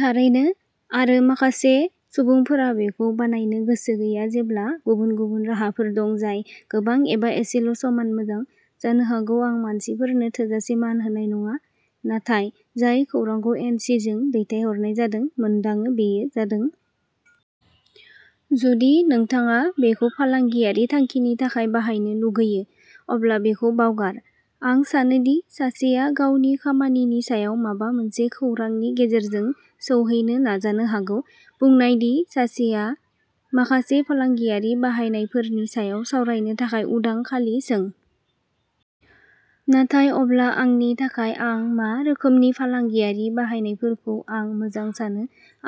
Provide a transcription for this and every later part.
थारैनो। आरो माखासे सुबुंफोरा बेखौ बानायनो गोसो गैया जेब्ला गुबुन गुबुन राहाफोर दं जाय गोबां एबा एसेल' समान मोजां। जानो हागौ आं मानसिफोरनो थोजासे मान होनाय नङा। नाथाय जाय खौरांखौ एन सि जों दैथायहरनाय जादों मोनदाङो बेयो जादों। जुदि नोंथाङा बेखौ फालांगियारि थांखिनि थाखाय बाहायनो लुगैयो। अब्ला बेखौ बावगार। आं सानो दि सासेया गावनि खामानिनि सायाव माबा मोनसे खौरांनि गेजेरजों सौहैनो नाजानो हागौ। बुंनाय दि सासेया माखासे फालांगियारि बाहायनायफोरनि सायाव सावरायनो थाखाय उदां खालि सों। नाथाय अब्ला आंनि थाखाय आं मा रोखोमनि फालांगियारि बाहायनायफोरखौ आं मोजां सानो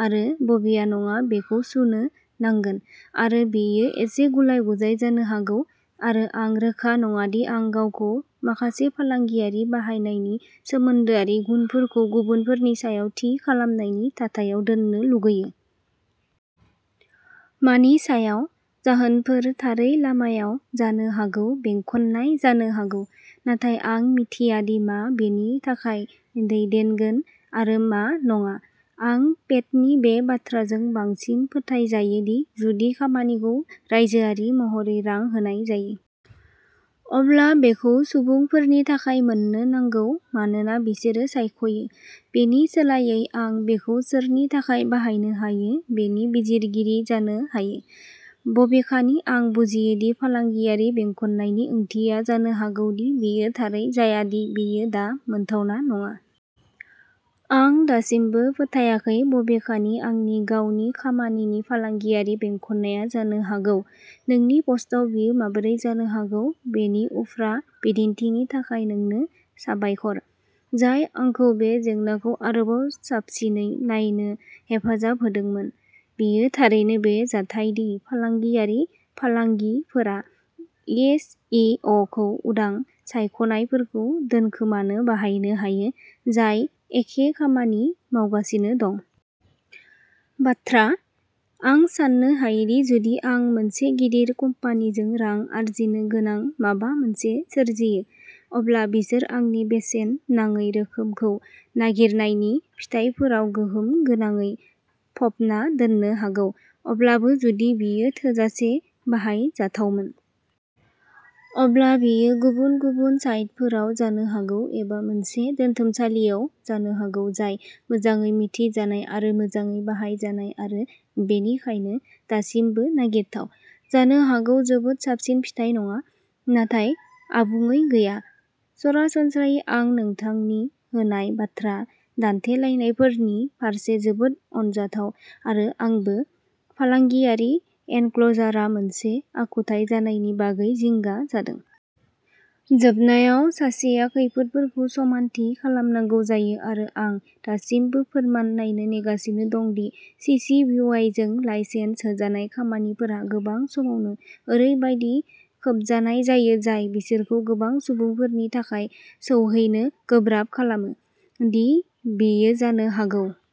आरो बबेआ नङा बेखौ सुनो नांगोन। आरो बेयो एसे गुलाय-गुजाय जानो हागौ। आरो आं रोखा नङा दि आं गावखौ माखासे फालांगियारि बाहायनायनि सोमोन्दोआरि गुनफोरखौ गुबुनफोरनि सायाव थि खालामनायनि थाथायाव दोन्नो लुगैयो। मानि सायाव। जाहोनफोर थारै लामायाव जानो हागौ बेंखननाय जानो हागौ। नाथाय आं मिथिया दि मा बेनि थाखाय दैदेनगोन आरो मा नङा। आं पेटनि बे बाथ्राजों बांसिन फोथायजायो दि जुदि खामानिखौ रायजोआरि महरै रां होनाय जायो। अब्ला बेखौ सुबुंफोरनि थाखाय मोन्नो नांगौ मानोना बिसोरो सायख'यो। बेनि सोलायै आं बेखौ सोरनि थाखाय बाहायनो हायो बेनि बिजिरगिरि जानो हायो। बबेखानि आं बुजियो दि फालांगियारि बेंखननायनि ओंथिया जानो हागौ दि बेयो थारै जाया दि बेयो दा मोनथावना नङा। आं दासिमबो फोथायाखै बबेखानि आंनि गावनि खामानिनि फालांगियारि बेंखननाया जानो हागौ। नोंनि पस्टआव बेयो माबोरै जानो हागौ बेनि उफ्रा बिदिन्थिनि थाखाय नोंनो साबायखर। जाय आंखौ बे जेंनाखौ आरोबाव साबसिनै नायनो हेफाजाब होदोंमोन। बेयो थारैनो बे जाथाय दि फालांगियारि फालांगिफोरा एस इ अ खौ उदां सायख'नायफोरखौ दोनखोमानो बाहायनो हायो जाय एखे खामानि मावगासिनो दं। बाथ्रा। आं साननो हायोदि जुदि आं मोनसे गिदिर कम्पानिजों रां आरजिनो गोनां माबा मोनसे सोरजियो। अब्ला बिसोर आंनि बेसेन नाङै रोखोमखौ नागिरनायनि फिथायफोराव गोहोम गोनाङै फबना दोननो हागौ। अब्लाबो जुदि बेयो थोजासे बाहायजाथावमोन। अब्ला बेयो गुबुन-गुबुन साइटफोराव जानो हागौ एबा मोनसे दोनथुमसालियाव जानो हागौ जाय मोजाङै मिथिजानाय आरो मोजाङै बाहायजानाय आरो बेनिखायनो दासिमबो नागिरथाव। जानो हागौ जोबोद साबसिन फिथाय नङा। नाथाय आबुङै गैया। सरासनस्रायै आं नोंथांनि होनाय बाथ्रा दान्थेलायनायफोरनि फारसे जोबोद अनजाथाव आरो आंबो, फालांगियारि एनक्ल'जारआ मोनसे आखुथाय जानायनि बागै जिंगा जादों। जोबनायाव सासेया खैफोदफोरखौ समानथि खालामनांगौ जायो आरो आं दासिमबो फोरमान नायनो नेगासिनो दं दि सिसि-बिवाइजों लाइसेन्स होजानाय खामानिफोरा गोबां समावनो ओरैबायदि खोबजानाय जायो जाय बिसोरखौ गोबां सुबुंफोरनि थाखाय सौहैनो गोब्राब खालामो। दि बेयो जानो हागौ।